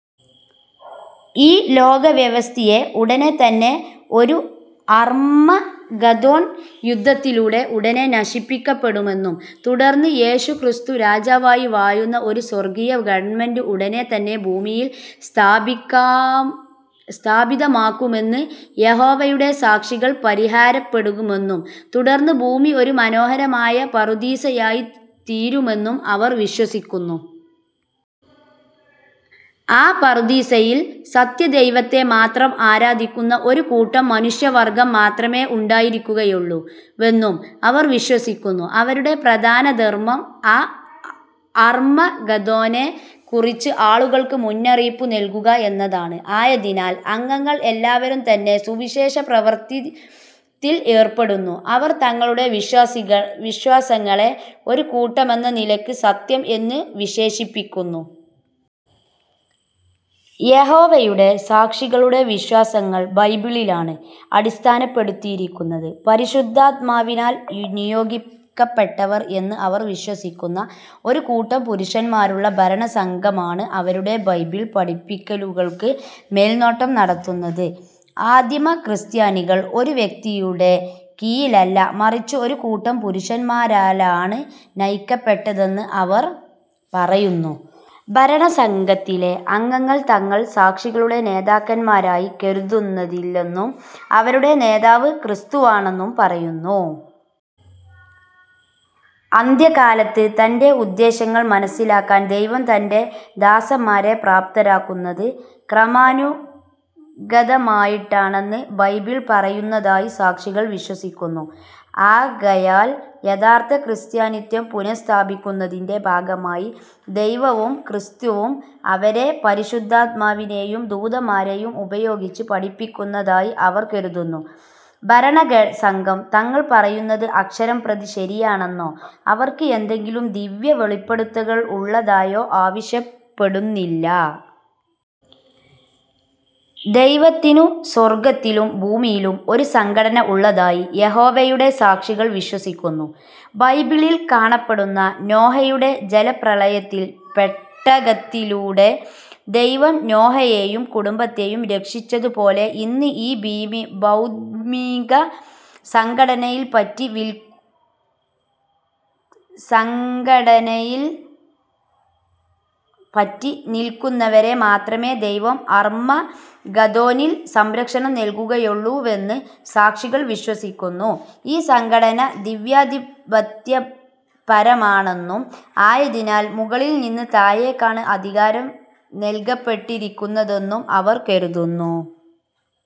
ഈ ലോക വ്യവസ്ഥിതിയെ ഉടനെ തന്നെ ഒരു അർമ്മഗദോൻ യുദ്ധത്തിലൂടെ ഉടനെ നശിപ്പിക്കപ്പെടുമെന്നും, തുടർന്ന് യേശുക്രിസ്തു രാജാവായി വാഴുന്ന ഒരു സ്വർഗീയ ഗവണ്മെന്റ് ഉടനെ തന്നെ ഭൂമിയിൽ സ്ഥാപിതമാകുമെന്ന് യഹോവയുടെ സാക്ഷികൾ വിശ്വസിക്കുന്നു. ആ ഭരണത്തിലൂടെ മനുഷ്യവർഗ്ഗത്തിന്റെ എല്ലാ പ്രശ്നങ്ങളും പരിഹരിക്കപ്പെടുമെന്നും, തുടർന്ന് ഭൂമി ഒരു മനോഹരമായ പറുദീസയായി തീരുമെന്നും അവർ വിശ്വസിക്കുന്നു. ആ പറുദീസയിൽ സത്യദൈവത്തെ മാത്രം ആരാധിക്കുന്ന ഒരു കൂട്ടം മനുഷ്യവർഗ്ഗം മാത്രമേ ഉണ്ടായിരിക്കുകയുള്ളുവെന്നും അവർ വിശ്വസിക്കുന്നു. അവരുടെ പ്രധാന ധർമ്മം ആ അർമ്മഗദോനെ കുറിച്ച് ആളുകൾക്ക് മുന്നറിയിപ്പു നൽകുക എന്നതാണ്. ആയതിനാൽ അംഗങ്ങൾ എല്ലാവരും തന്നെ സുവിശേഷപ്രവർത്തനത്തിൽ ഏർപ്പെടുന്നു. അവർ തങ്ങളുടെ വിശ്വാസങ്ങളെ ഒരു കൂട്ടമെന്ന നിലയ്ക്ക് "സത്യം" എന്ന് വിശേഷിപ്പിക്കുന്നു. യഹോവയുടെ സാക്ഷികളുടെ വിശ്വാസങ്ങൾ ബൈബിളിലാണ് അടിസ്ഥാനപ്പെടുത്തിയിരിക്കുന്നത്. പരിശുദ്ധാത്മാവിനാൽ നിയോഗിക്കപ്പെട്ടവർ എന്ന് അവർ വിശ്വസിക്കുന്ന ഒരു കൂട്ടം പുരുഷന്മാരാലുള്ള ഭരണസംഘമാണ് അവരുടെ ബൈബിൾ പഠിപ്പിക്കലുകൾക്ക് മേൽനോട്ടം നടത്തുന്നത്. ആദിമ ക്രിസ്ത്യാനികൾ ഒരു വ്യക്തിയുടെ കീഴിലല്ല മറിച്ച് ഒരു കൂട്ടം പുരുഷന്മാരാലാണ് നയിക്കപ്പെട്ടതെന്ന് അവർ പറയുന്നു. ഭരണസംഘത്തിലെ അംഗങ്ങൾ തങ്ങൾ സാക്ഷികളുടെ നേതാക്കന്മാരായി കരുതുന്നില്ലെന്നും, അവരുടെ നേതാവ് ക്രിസ്തുവാണെന്നും പറയുന്നു. അന്ത്യകാലത്ത് തന്റെ ഉദ്ദേശ്യങ്ങൾ മനസ്സിലാക്കാൻ ദൈവം തന്റെ ദാസന്മാരെ പ്രാപ്തരാക്കുന്നത് ക്രമാനുഗതമായിട്ടാണെന്ന് ബൈബിൾ പറയുന്നതായി സാക്ഷികൾ വിശ്വസിക്കുന്നു. ആകയാൽ യഥാർത്ഥ ക്രിസ്ത്യാനിത്വം പുനസ്ഥാപിക്കുന്നതിന്റെ ഭാഗമായി ദൈവവും, ക്രിസ്തുവും അവരെ പരിശുദ്ധാത്മാവിനെയും ദൂതന്മാരെയും ഉപയോഗിച്ച് പഠിപ്പിക്കുന്നതായി അവർ കരുതുന്നു. ഭരണസംഘം തങ്ങൾ പറയുന്നത് അക്ഷരം പ്രതി ശരിയാണെന്നോ അവർക്ക് എന്തെങ്കിലും ദിവ്യ വെളിപ്പെടുത്തൽ ഉള്ളതായോ അവകാശപ്പെടുന്നില്ല. ദൈവത്തിനു സ്വർഗ്ഗത്തിലും ഭൂമിയിലും ഒരു സംഘടന ഉള്ളതായി യഹോവയുടെ സാക്ഷികൾ വിശ്വസിക്കുന്നു. ബൈബിളിൽ കാണപ്പെടുന്ന നോഹയുടെ ജലപ്രളയത്തിൽ പെട്ടകത്തിലൂടെ ദൈവം നോഹയെയും കുടുംബത്തെയും രക്ഷിച്ചതു പോലെ, ഇന്ന് ഈ ഭൗമീക സംഘടനയിൽ പറ്റി നിൽക്കുന്നവരെ മാത്രമേ ദൈവം അർമ്മഗദോനിൽ സംരക്ഷണം നൽകുകയുള്ളുവെന്ന് സാക്ഷികൾ വിശ്വസിക്കുന്നു. ഈ സംഘടന ദിവ്യാദിപത്യപരമാണെന്നും ആയതിനാൽ മുകളിൽ നിന്ന് താഴേക്കാണ് അധികാരം നൽകപ്പെട്ടിരിക്കുന്നതെന്നും അവർ കരുതുന്നു.